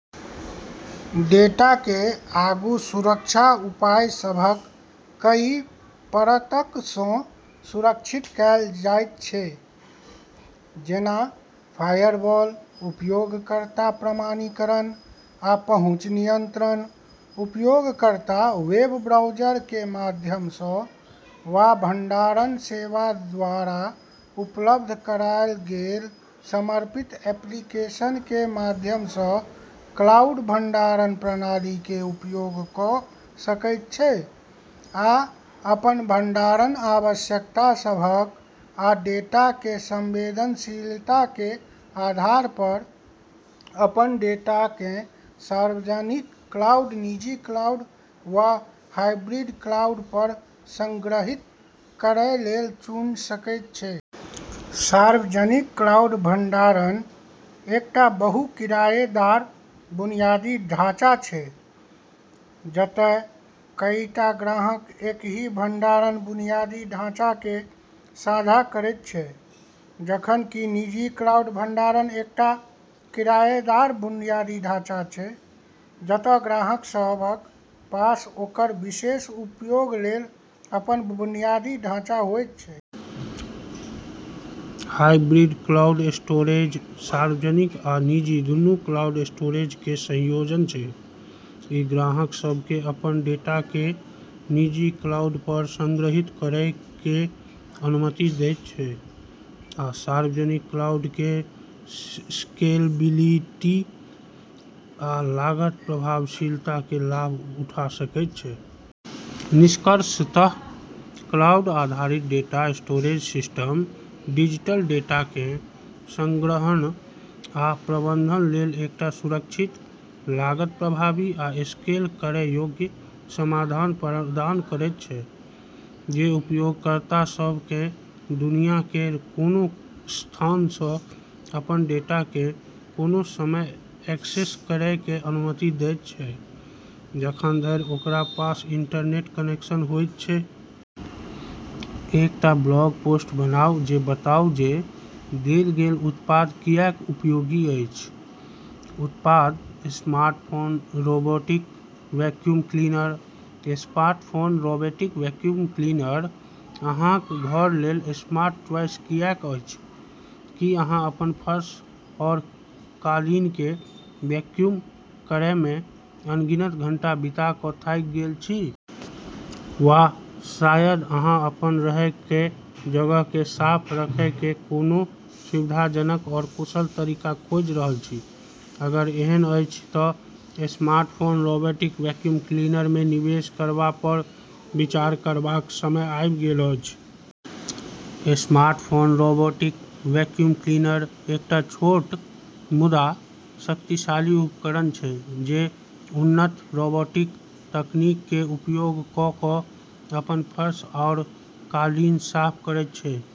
डेटाकेँ आगू सुरक्षा उपाय सभक कई परतकसँ सुरक्षित कएल जाइत छै, जेना फायरवॉल, उपयोगकर्ता प्रमाणीकरण, आ पहुँच नियंत्रण। उपयोगकर्ता वेब ब्राउज़र केर माध्यमसँ वा भंडारण सेवाद्वारा उपलब्ध कराएल गेल समर्पित एप्लीकेशन केर माध्यमसँ क्लाउड भंडारण प्रणाली केर उपयोग कऽ सकैत छै, आ अपन भंडारण आवश्यकता सभक आ डेटा केर संवेदनशीलता केर आधारपर, अपन डेटाकेँ सार्वजनिक क्लाउड, निजी क्लाउड वा हाइब्रिड क्लाउडपर संग्रहीत करै लेल चुन सकैत छै। सार्वजनिक क्लाउड भंडारण एकटा बहु-किरायेदार बुनियादी ढाँचा छै, जतए कईटा ग्राहक एकही भंडारण बुनियादी ढाँचाकेँ साझा करैत छै, जखन कि निजी क्लाउड भंडारण एकटा किरायेदार बुनियादी ढाँचा छै, जतए ग्राहक सभक पास ओकर विशेष उपयोग लेल अपन बुनियादी ढाँचा होइत छै। हाइब्रिड क्लाउड स्टोरेज सार्वजनिक आ निजी दूनू क्लाउड स्टोरेज केर संयोजन छै; ई ग्राहक सभकेँ अपन डेटाकेँ निजी क्लाउडपर संग्रहीत करै केर अनुमति दैत छै आ सार्वजनिक क्लाउड केर स्केलेबिलिटी आ लागत-प्रभावशीलता केर लाभ उठा सकैत छै। निष्कर्षतः, क्लाउड आधारित डेटा स्टोरेज सिस्टम डिजिटल डेटाकेँ संग्रहण आ प्रबंधन लेल एकटा सुरक्षित, लागत प्रभावी आ स्केल करै योग्य समाधान प्रदान करैत छै, जे उपयोगकर्ता सभकेँ दुनिया केर कोनो स्थानसँ अपन डेटाकेँ कोनो समय एक्सेस करै केर अनुमति दैत छै, जखन धरि ओकरा पास इंटरनेट कनेक्शन होइत छै। एकटा ब्लॉग पोस्ट बनाउ जे बताउ जे देल गेल उत्पाद किऐक उपयोगी अछि। उत्पाद: smartphone robotic vacuum cleaner. Smartphone robotic vacuum cleaner अहाँक घर लेल स्मार्ट चॉइस किऐक अछि? की अहाँ अपन फर्श आओर कालीनकेँ वैक्यूम करैमे अनगिनत घंटा बिता कऽ थाकि गेल छी? वा शायद अहाँ अपन रहै केर जगहकेँ साफ रखै केर कोनो सुविधाजनक आओर कुशल तरीका खोजि रहल छी। अगर एहन अछि तऽ स्मार्टफोन रोबोटिक वैक्यूम क्लीनरमे निवेश करबापर विचार करबाक समय आबि गेल अछि। स्मार्टफोन रोबोटिक वैक्यूम क्लीनर एकटा छोट मुदा शक्तिशाली उपकरण छै जे उन्नत रोबोटिक तकनीक केर उपयोग कऽ कऽ अपन फर्श आरू कालीन साफ करैत छै।